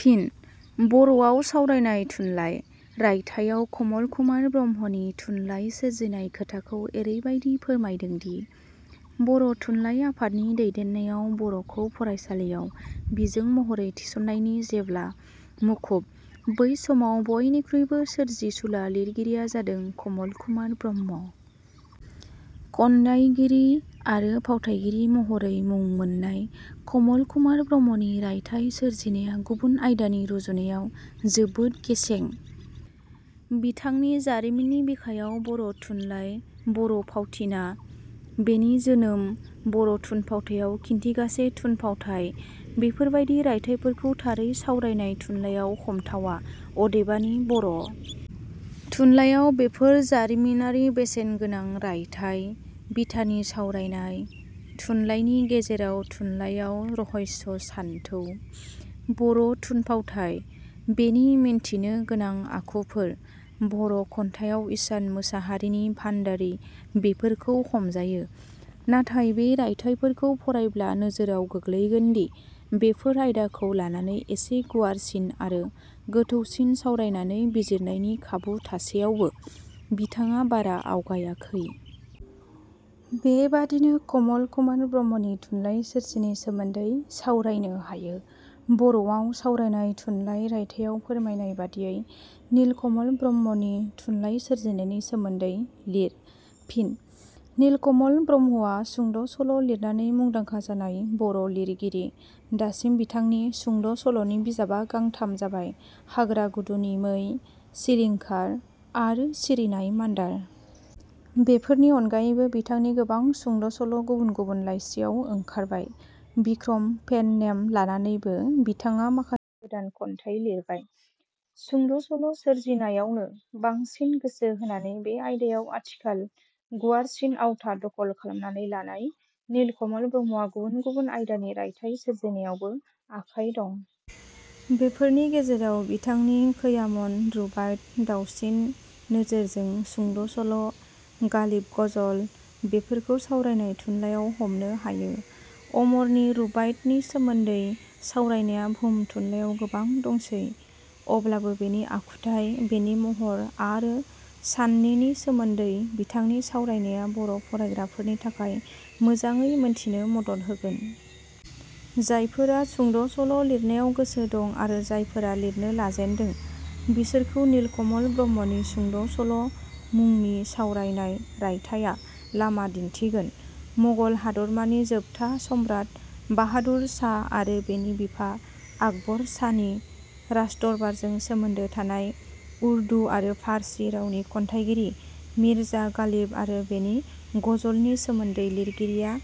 फिन: 'बर'वाव सावरायनाय थुनलाइ' रायथाइयाव कमल कुमार ब्रह्मनि थुनलाइ सोरजिनाय खोथाखौ एरैबादि फोरमायदोंदि- बर' थुनलाइ आफादनि दैदेननायाव बर 'खौ फरायसालियाव बिजों महरै थिसननायनि जेव्ला मुखुब, बै समाव बयनिखुइबो सोरजिसुला लिरगिरिया जादों कमल कुमार ब्रह्म। खन्याइगिरि आरो फावथाइगिरि महरै मुं मोननाय कमल कुमार ब्रह्मनि रायथाइ सोरजिनाया, गुबुन आयदानि रुजुनायाव जोबोद गेसें। बिथांनि 'जारिमिननि बिखायाव बर' थुनलाइ', 'बर' फावथिनाः बेनि जोनोम', 'बर' थुनफावथाइयाव खिनथिगासे थुनफावथाइ'- बेफोरबादि रायथाइफोरखौ थारै सावरायनाय थुनलाइयाव हमथावा, अदेबानि बर'। थुनलाइयाव बेफोर जारिमिनारि बेसेन गोनां रायथाइ। बिथानि सावरायनाय। थुनलाइनि गेजेराव ' थुनलाइयाव रहस्य सानथौ', बर' थुनफावथाय: बेनि मोनथिनो गोनां आखुफोर' 'बर' खन्थाइयाव इसान मोसाहारिनि भाण्डारि बेफोरखौ हमजायो। नाथाय बे रायथाइफोरखौ फरायब्ला नोजोराव गोग्लैगोनदि बेफोर आयदाखौ लानानै एसे गुवारसिन आरो गोथौसिन सावरायनानै बिजिरनायनि खाबु थासेयावबो बिथाडा बारा आवगायाखै। बेबादिनो कमल कुमार ब्रह्मनि थुनलाइ सोरजिनि सोमोन्दै सावरायनो हायो। 'बर 'वाव सावरायनाय थुनलाइ रायथाइयाव फोरमायनाय बादियै नीलकमल ब्रह्मनि थुनलाइ सोरजिनायनि सोमोन्दै लिर। फिनः नीलकमल ब्रह्मआ सुंद' सल' लिरनानै मुंदांखा जानाय बर' लिरगिरि। दासिम बिथांनि सुंद'सल'नि बिजाबा गांथाम जाबाय- 'हाग्रा गुदुनि मै', 'सिलिंखार' आरो 'सिरिनाय मान्दार'। बेफोरनि अनगायैबो बिथांनि गोबां सुंद' सल' गुबुन गुबुन लाइसियाव ओंखारबाय। बिक्रम पेन-नेम लानानैबो – बिथाङा माखासे गोदान खन्थाइ लिरबाय। सुंद' सल' सोरजिनायावनो बांसिन गोसो होनानै बे आयदायाव आथिखाल गुवारसिन आवथा दखल खालामनानै लानाय नीलकमल ब्रह्मआ गुबुन गुबुन आयदानि रायथाइ सोरजिनायावबो आखाइ दं। बेफोरनि गेजेराव बिथांनि खैयामन रुबायत: दावसिन नोजोरजों, सुंद' सल', गालिब गजल बेफोरखौ सावरायनाय थुनलाइयाव हमनो हायो। अमरनि रुबाइतनि सोमोन्दै सावरायनाया भुम थुनलाइयाव गोबां दंसै। अब्लाबो बेनि आखुथाइ, बेनि महर आरो साननिनि सोमोन्दै बिथांनि सावरायनाया बर' फरायग्राफोरनि थाखाय मोजाडै मोनथिनो मदद होगोन। जायफोरहा सुंद 'सल' लिरनायाव गोसो दं आरो जायफोरा लिरनो लाजेन्दों, बिसोरखौ नीलकमल ब्रह्मनि 'सुंद' सल' मुनि सावरायनाय रायथाइया लामा दिन्थिगोन। मगल हादरमा नि जोबथा सम्राट बाहादुर शाह आरो बेनि बिफा आकबर शाहनि राजदरबारजों सोमोन्दो थानाय, उर्दु आरो पार्ची रावनि खन्याइगिरि मीर्जा गालिब आरो बेनि गजलनि सोमोन्दै लिरगिरिया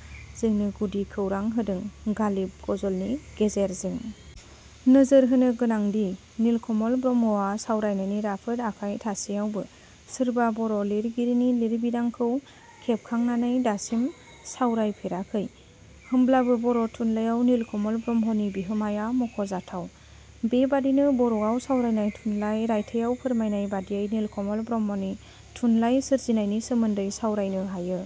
जोनो गुदि खौरां होदों 'गालिब: गजल' नि गेजेरजों। नोजोर होनो गोनांदि नीलकमलं ब्रह्मआ सावरायनायनि राफोद आखाइ थासेयावबो सोरबा बर' लिरगिरिनि लिरबिदांखौ खेबखांनाने दासिम सावरायफोराखै। होमब्लाबो बर' थुनलाइयाव नीलकमल ब्रह्मनि- बिहोमाया मख 'जाथाव। बेबादिनों 'बर 'वाव सावरायनाय थुनलाइ ' रायथाइयाव फोरमायनाय बादियै नीलकमल ब्रह्मनि थुनलाय सोरजिनायनि सोमोन्दै सावरायनो हायो।